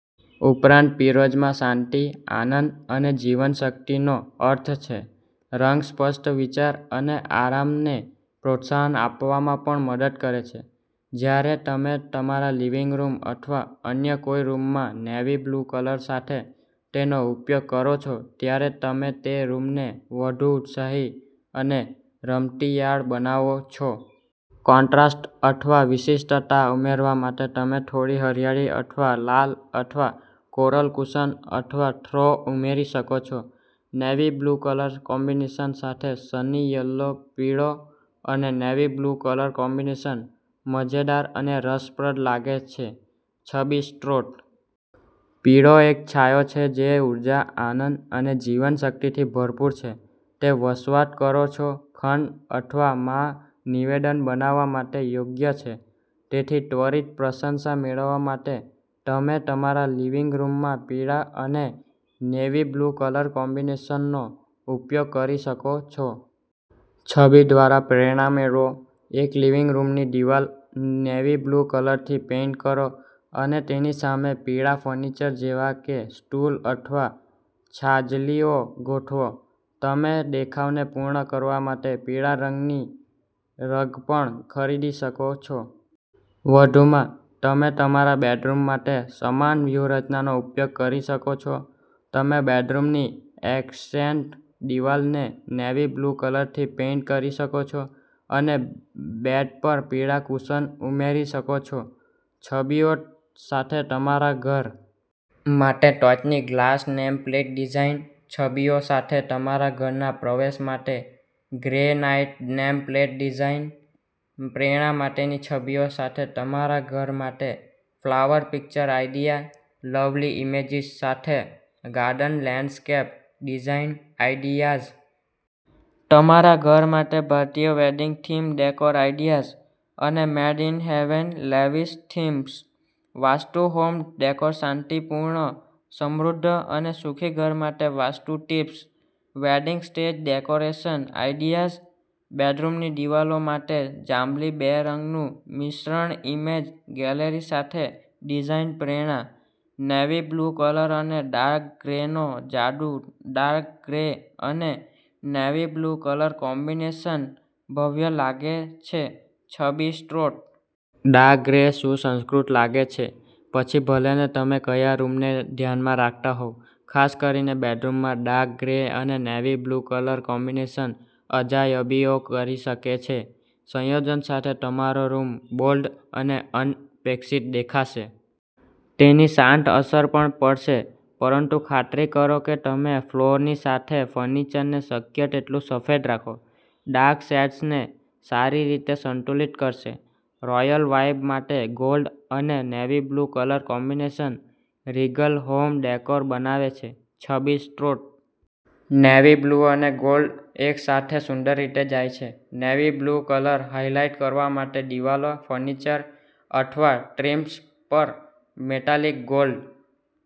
ઉપરાંત, પીરોજમાં શાંતિ, આનંદ અને જીવનશક્તિનો અર્થ છે. રંગ સ્પષ્ટ વિચાર અને આરામને પ્રોત્સાહન આપવામાં પણ મદદ કરે છે. જ્યારે તમે તમારા લિવિંગ રૂમ અથવા અન્ય કોઈ રૂમમાં નેવી-બ્લુ કલર સાથે તેનો ઉપયોગ કરો છો, ત્યારે તમે તે રૂમને વધુ ઉત્સાહી અને રમતિયાળ બનાવો છો. કોન્ટ્રાસ્ટ અથવા વિશિષ્ટતા ઉમેરવા માટે, તમે થોડી હરિયાળી અથવા લાલ અથવા કોરલ કુશન અથવા થ્રો ઉમેરી શકો છો. નેવી બ્લુ કલર કોમ્બિનેશન સાથે સની યલો પીળો અને નેવી-બ્લુ કલર કોમ્બિનેશન મજેદાર અને રસપ્રદ લાગે છે છબી સ્ત્રોત. પીળો એક છાંયો છે જે ઊર્જા, આનંદ અને જીવનશક્તિથી ભરપૂર છે. તે વસવાટ કરો છો ખંડ અથવા માં નિવેદન બનાવવા માટે યોગ્ય છે. તેથી, ત્વરિત પ્રશંસા મેળવવા માટે તમે તમારા લિવિંગ રૂમમાં પીળા અને નેવી-બ્લુ કલર કોમ્બિનેશનનો ઉપયોગ કરી શકો છો. છબી દ્વારા પ્રેરણા મેળવો. એક લિવિંગ રૂમની દીવાલ નેવી-બ્લુ કલરથી પેઈન્ટ કરો અને તેની સામે પીળા ફર્નિચર જેવા કે સ્ટૂલ અથવા છાજલીઓ ગોઠવો. તમે દેખાવને પૂર્ણ કરવા માટે પીળા રંગની રગ પણ ખરીદી શકો છો. વધુમાં, તમે તમારા બેડરૂમ માટે સમાન વ્યૂહરચનાનો ઉપયોગ કરી શકો છો. તમે બેડરૂમની એક્સેન્ટ દિવાલને નેવી-બ્લુ કલરથી પેઇન્ટ કરી શકો છો અને બેડ પર પીળા કુશન ઉમેરી શકો છો. છબીઓ સાથે તમારા ઘર માટે ટોચની ગ્લાસ નેમ પ્લેટ ડિઝાઇન, છબીઓ સાથે તમારા ઘરના પ્રવેશ માટે ગ્રેનાઈટ નેમ પ્લેટ ડિઝાઇન, પ્રેરણા માટેની છબીઓ સાથે તમારા ઘર માટે flower picture idea, lovely images સાથે ગાર્ડન લેન્ડસ્કેપ ડીઝાઈન આઈડિયાઝ, તમારા ઘર માટે ભારતીય વેડિંગ થીમ ડેકોર આઈડિયાઝ અને made in heaven lavish themes, vastu home ડેકોરશાંતિપૂર્ણ, સમૃદ્ધ અને સુખી ઘર માટે vastu tips, wedding stage decoration ideas, બેડરૂમની દિવાલો માટે જાંબલી બે રંગનું મિશ્રણઇમેજ ગેલેરી સાથે ડિઝાઇન પ્રેરણા, નેવી-બ્લુ કલર અને ડાર્ક ગ્રેનો જાદુ ડાર્ક ગ્રે અને નેવી-બ્લુ કલર કોમ્બિનેશન ભવ્ય લાગે છે છબી સ્ત્રોત. ડાર્ક ગ્રે સુસંસ્કૃત લાગે છે, પછી ભલેને તમે કયા રૂમને ધ્યાનમાં રાખતા હોવ. ખાસ કરીને બેડરૂમમાં, ડાર્ક ગ્રે અને નેવી-બ્લુ કલર કોમ્બિનેશન અજાયબીઓ કરી શકે છે. સંયોજન સાથે, તમારો રૂમ બોલ્ડ અને અનપેક્ષિત દેખાશે. તેની શાંત અસર પણ પડશે. પરંતુ ખાતરી કરો કે તમે ફ્લોરની સાથે ફર્નિચરને શક્ય તેટલું સફેદ રાખો. ડાર્ક શેડ્સને સારી રીતે સંતુલિત કરશે. રોયલ વાઇબ માટે ગોલ્ડ અને navy blue colour combination regal home decor બનાવે છે છબી સ્ત્રોત. નેવી-બ્લુ અને ગોલ્ડ એક સાથે સુંદર રીતે જાય છે. નેવી-બ્લુ કલર હાઇલાઇટ કરવા માટે દિવાલો, ફર્નિચર અથવા ટ્રીમ્સ પર મેટાલિક ગોલ્ડ